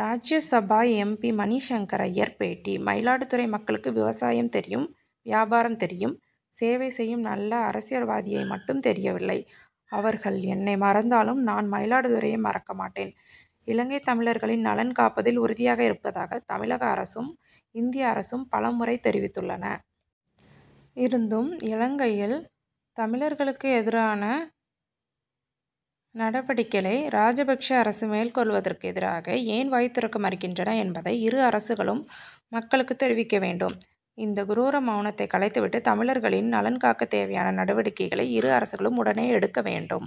ராஜ்ய Sabha M. P. Mani Shankar Aiyar பேட்டி மயிலாடுதுறை மக்களுக்கு விவசாயம் தெரியும் வியாபாரம் தெரியும். சேவை செய்யும் நல்ல அரசியல்வாதியை மட்டும் தெரியவில்லை. அவர்கள் என்னை மறந்தாலும் நான் மயிலாடுதுறையை மறக்க மாட்டேன். இலங்கைத் தமிழர்களின் நலன் காப்பதில் உறுதியாக இருப்பதாக தமிழக அரசும் இந்திய அரசும் பல முறை தெரிவித்துள்ளன. இருந்தும் இலங்கையில் தமிழர்களுக்கு எதிரான நடவடிக்கைகளை ராஜபக்ஷே அரசு மேற்கொள்வதற்கு எதிராக ஏன் வாய் திறக்க மறுக்கின்றன என்பதை இரு அரசுகளும் மக்களுக்கு தெரிவிக்க வேண்டும். இந்த குரூர மவுனத்தை களைந்துவிட்டு தமிழர்களின் நலன் காக்க தேவையான நடவடிக்கைகளை இரு அரசுகளும் உடனே எடுக்க வேண்டும்.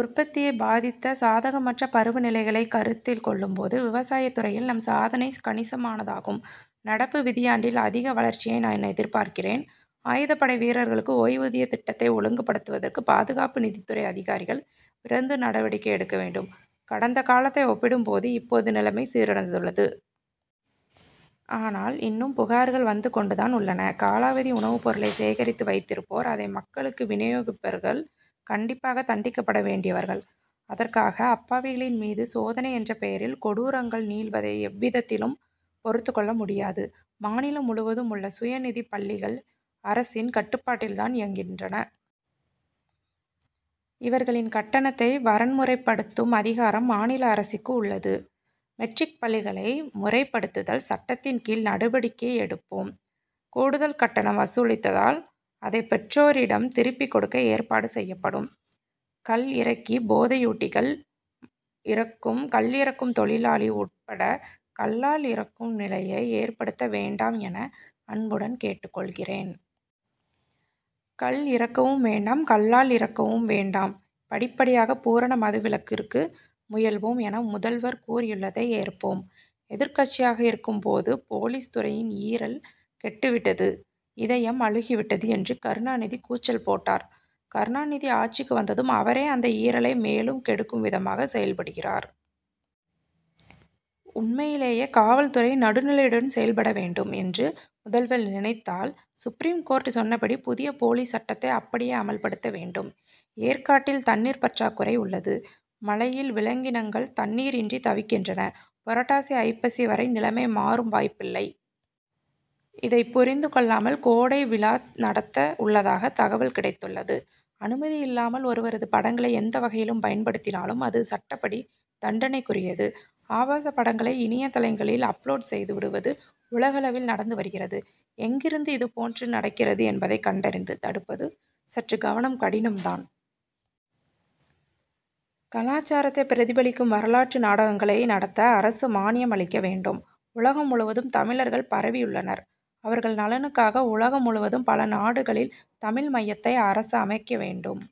உற்பத்தியை பாதித்த சாதகமற்ற பருவ நிலைகளை கருத்தில் கொள்ளும் போது விவசாயத் துறையில் நம் சாதனை கணிசமானதாகும். நடப்பு நிதியாண்டில் அதிக வளர்ச்சியை நான் எதிர்பார்க்கிறேன். ஆயுதப்படை வீரர்களுக்கு ஓய்வூதிய திட்டத்தை ஒழுங்குப்படுத்துவதற்கு பாதுகாப்பு நிதித்துறை அதிகாரிகள் விரைந்து நடவடிக்கை எடுக்க வேண்டும். கடந்த காலத்தை ஒப்பிடும் போது இப்போது நிலைமை சீரடைந்துள்ளது. ஆனால் இன்னும் புகார்கள் வந்து கொண்டுதான் உள்ளன. காலாவதி உணவுப் பொருளை சேகரித்து வைத்திருப்போர் அதை மக்களுக்கு வினியோகிப்பவர்கள் கண்டிப்பாக தண்டிக்கப்பட வேண்டியவர்கள். அதற்காக அப்பாவிகளின் மீது சோதனை என்ற பெயரில் கொடுங்கரங்கள் நீள்வதை எவ்விதத்திலும் பொறுத்துக் கொள்ள முடியாது. மாநிலம் முழுவதும் உள்ள சுயநிதிப் பள்ளிகள் அரசின் கட்டுப்பாட்டில் தான் இயங்குகின்றன. இவர்களின் கட்டணத்தை வரன்முறைப்படுத்தும் அதிகாரம் மாநில அரசிற்கு உள்ளது. மெட்ரிக் பள்ளிகளை முறைப்படுத்துதல் சட்டத்தின் கீழ் நடவடிக்கை எடுப்போம். கூடுதல் கட்டணம் வசூலித்தால் அதைப் பெற்றோரிடம் திருப்பிக் கொடுக்க ஏற்பாடு செய்யப்படும். கள் இறக்கி போதையூட்டி கள் இறக்கும் தொழிலாளி உட்பட கள்ளால் இறக்கும் நிலையை ஏற்படுத்த வேண்டாம் என அன்புடன் கேட்டுக் கொள்கிறேன். கள் இறக்கவும் வேண்டாம் கள்ளால் இறக்கவும் வேண்டாம். படிப்படியாக பூரண மதுவிலக்கிற்கு முயல்வோம் என முதல்வர் கூறியுள்ளதை ஏற்போம். எதிர்க்கட்சியாக இருக்கும் போது போலீஸ் துறையின் ஈரல் கெட்டுவிட்டது இதயம் அழுகிவிட்டது என்று கருணாநிதி கூச்சல் போட்டார். கருணாநிதி ஆட்சிக்கு வந்ததும் அவரே அந்த ஈரலை மேலும் கெடுக்கும் விதமாக செயல்படுகிறார். உண்மையிலேயே காவல் துறை நடுநிலையுடன் செயல்பட வேண்டும் என்று முதல்வர் நினைத்தால் சுப்ரீம் கோர்ட் சொன்னபடி புதிய போலீஸ் சட்டத்தை அப்படியே அமல்படுத்த வேண்டும். ஏற்காட்டில் தண்ணீர் பற்றாக்குறை உள்ளது. மலையில் விலங்கினங்கள் தண்ணீர் இன்றி தவிக்கின்றன. புரட்டாசி ஐப்பசி வரை நிலைமை மாறும் வாய்ப்பில்லை. இதை புரிந்து கொள்ளாமல் கோடை விழா நடத்த உள்ளதாக தகவல் கிடைத்துள்ளது. அனுமதியில்லாமல் ஒருவரது படங்களை எந்த வகையில் பயன்படுத்தினாலும் அது சட்டப்படி தண்டனைக்குரியது. ஆபாசப் படங்களை இணைய தளங்களில் அப்லோட் செய்து விடுவது உலகளவில் நடந்து வருகிறது. எங்கிருந்து இதுபோன்று நடக்கிறது என்பதை கண்டறிந்து தடுப்பது சற்று கடினம் தான். கலாசாரத்தை பிரதிபலிக்கும் வரலாற்று நாடகங்களை நடத்த அரசு மானியம் அளிக்க வேண்டும். உலகம் முழுவதும் தமிழர்கள் பரவியுள்ளனர். அவர்கள் நலனுக்காக உலகம் முழுவதும் பல நாடுகளில் தமிழ் மையத்தை அரசு அமைக்க வேண்டும்.